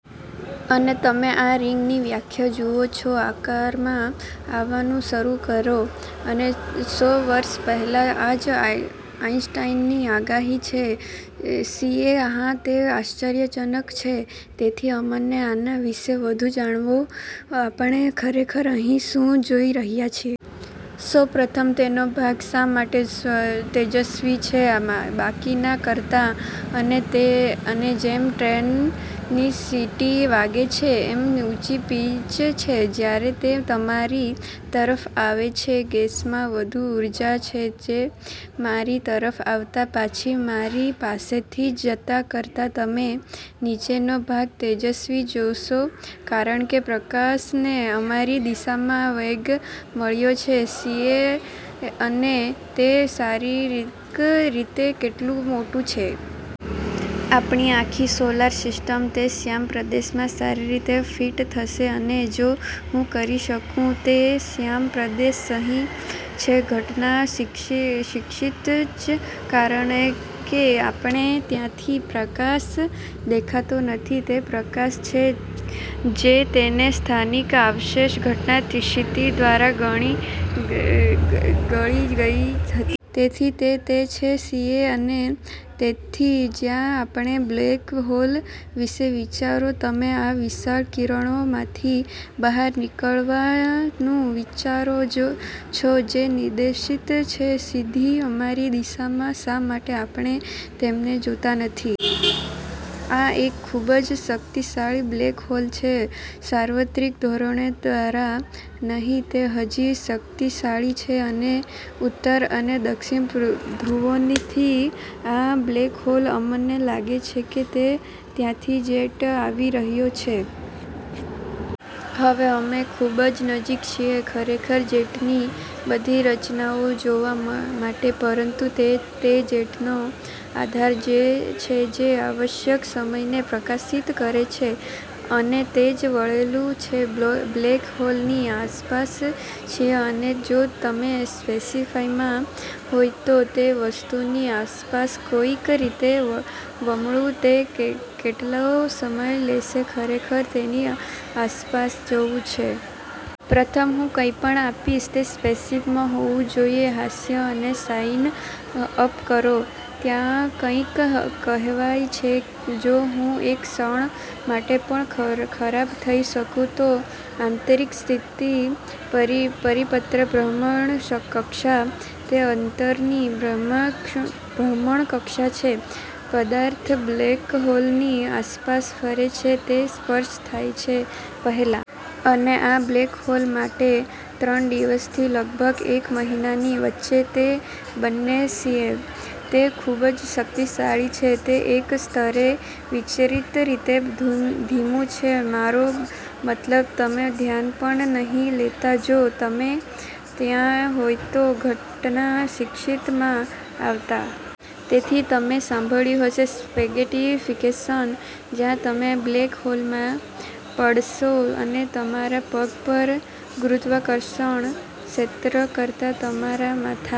અને તમે આ રિંગની વ્યાખ્યા જુઓ છો આકારમાં આવવાનું શરૂ કરો. અને સો વર્ષ પહેલાં આ જ આઈન્સ્ટાઈનની આગાહી છે સીએ: હા, તે આશ્ચર્યજનક છે। તેથી અમને આના વિશે વધુ જણાવો આપણે ખરેખર અહીં શું જોઈ રહ્યા છીએ. સૌ પ્રથમ, તેનો ભાગ શા માટે તેજસ્વી છે બાકીના કરતાં? અને જેમ ટ્રેન ની સીટી વાગે છે એમ ઉંચી પિચ છે જ્યારે તે તમારી તરફ આવે છે, ગેસમાં વધુ ઉર્જા છે જે અમારી તરફ આવતા પાછી અમારી પાસેથી જતા કરતાં તમે નીચેનો ભાગ તેજસ્વી જોશો કારણ કે પ્રકાશ ને અમારી દિશામાં વેગ મળ્યો છે સીએ: અને તે શારીરિક રીતે કેટલું મોટું છે? એસડી: આપણી આખી સોલર સિસ્ટમ તે શ્યામ પ્રદેશમાં સારી રીતે ફિટ થશે. અને જો હું કરી શકું, તે શ્યામ પ્રદેશ સહી છે ઘટના ક્ષિતિજની કારણ કે આપણે ત્યાંથી પ્રકાશ દેખાતો નથી, તે પ્રકાશ છે જે તે સ્થાનથી આવશે ઘટના ક્ષિતિજ દ્વારા ગળી ગઈ હતી. તેથી તે તે છે. સીએ: અને તેથી જ્યારે આપણે બ્લેક હોલ વિશે વિચારો, તમે આ વિશાળ કિરણો માંથી બહાર નીકળવા નું વિચારો છો જે નિર્દેશિત છે સીધી અમારી દિશામાં. શા માટે આપણે તેમને જોતા નથી? એસડી: આ એક ખૂબ જ શક્તિશાળી બ્લેક હોલ છે. સાર્વત્રિક ધોરણો દ્વારા નહીં, તે હજી શક્તિશાળી છે, અને ઉત્તર અને દક્ષિણ ધ્રુવોથી આ બ્લેક હોલ અમને લાગે છે કે ત્યાંથી જેટ આવી રહ્યા છે. હવે, અમે ખૂબ નજીક છીએ ખરેખર જેટની બધી રચનાઓ જોવા માટે, પરંતુ તે તે જેટનો આધાર છે જે અવકાશ-સમયને પ્રકાશિત કરે છે. અને તે જ વળેલું છે બ્લેક હોલ ની આસપાસ. સીએ: અને જો તમે સ્પેસશીપમાં હોત તો તે વસ્તુની આસપાસ કોઈક રીતે વમળવું, તે કેટલો સમય લેશે ખરેખર તેની આસપાસ જવું છે? એસડી: પ્રથમ, હું કંઇપણ આપીશ તે સ્પેસશીપમાં હોવુ જોઇએ હાસ્ય મને સાઇન અપ કરો. ત્યાં કંઈક કહેવાય છે જો હું એક ક્ષણ માટે પણ ખરાબ થઈ શકું તો આંતરિક સ્થિર પરિપત્ર ભ્રમણકક્ષા, તે અંદરની ભ્રમણકક્ષા છે પદાર્થ બ્લેક હોલની આસપાસ ફરે છે તે સર્પ થાય તે પહેલાં. અને આ બ્લેક હોલ માટે, ત્રણ દિવસથી લગભગ એક મહિનાની વચ્ચે તે બનશે સીએ: તે ખૂબ શક્તિશાળી છે, તે એક સ્તરે વિચિત્ર રીતે ધીમું છે. મારો મતલબ, તમે ધ્યાન પણ નહીં લેતા જો તમે ત્યાં હોત તો ઘટના ક્ષિતિજ માં આવતા. એસ. ડી.: તેથી તમે સાંભળ્યું હશે "સ્પેગેટિફિકેશન," જ્યાં તમે બ્લેક હોલમાં પડશો અને તમારા પગ પર ગુરુત્વાકર્ષણ ક્ષેત્ર કરતાં તમારા માથા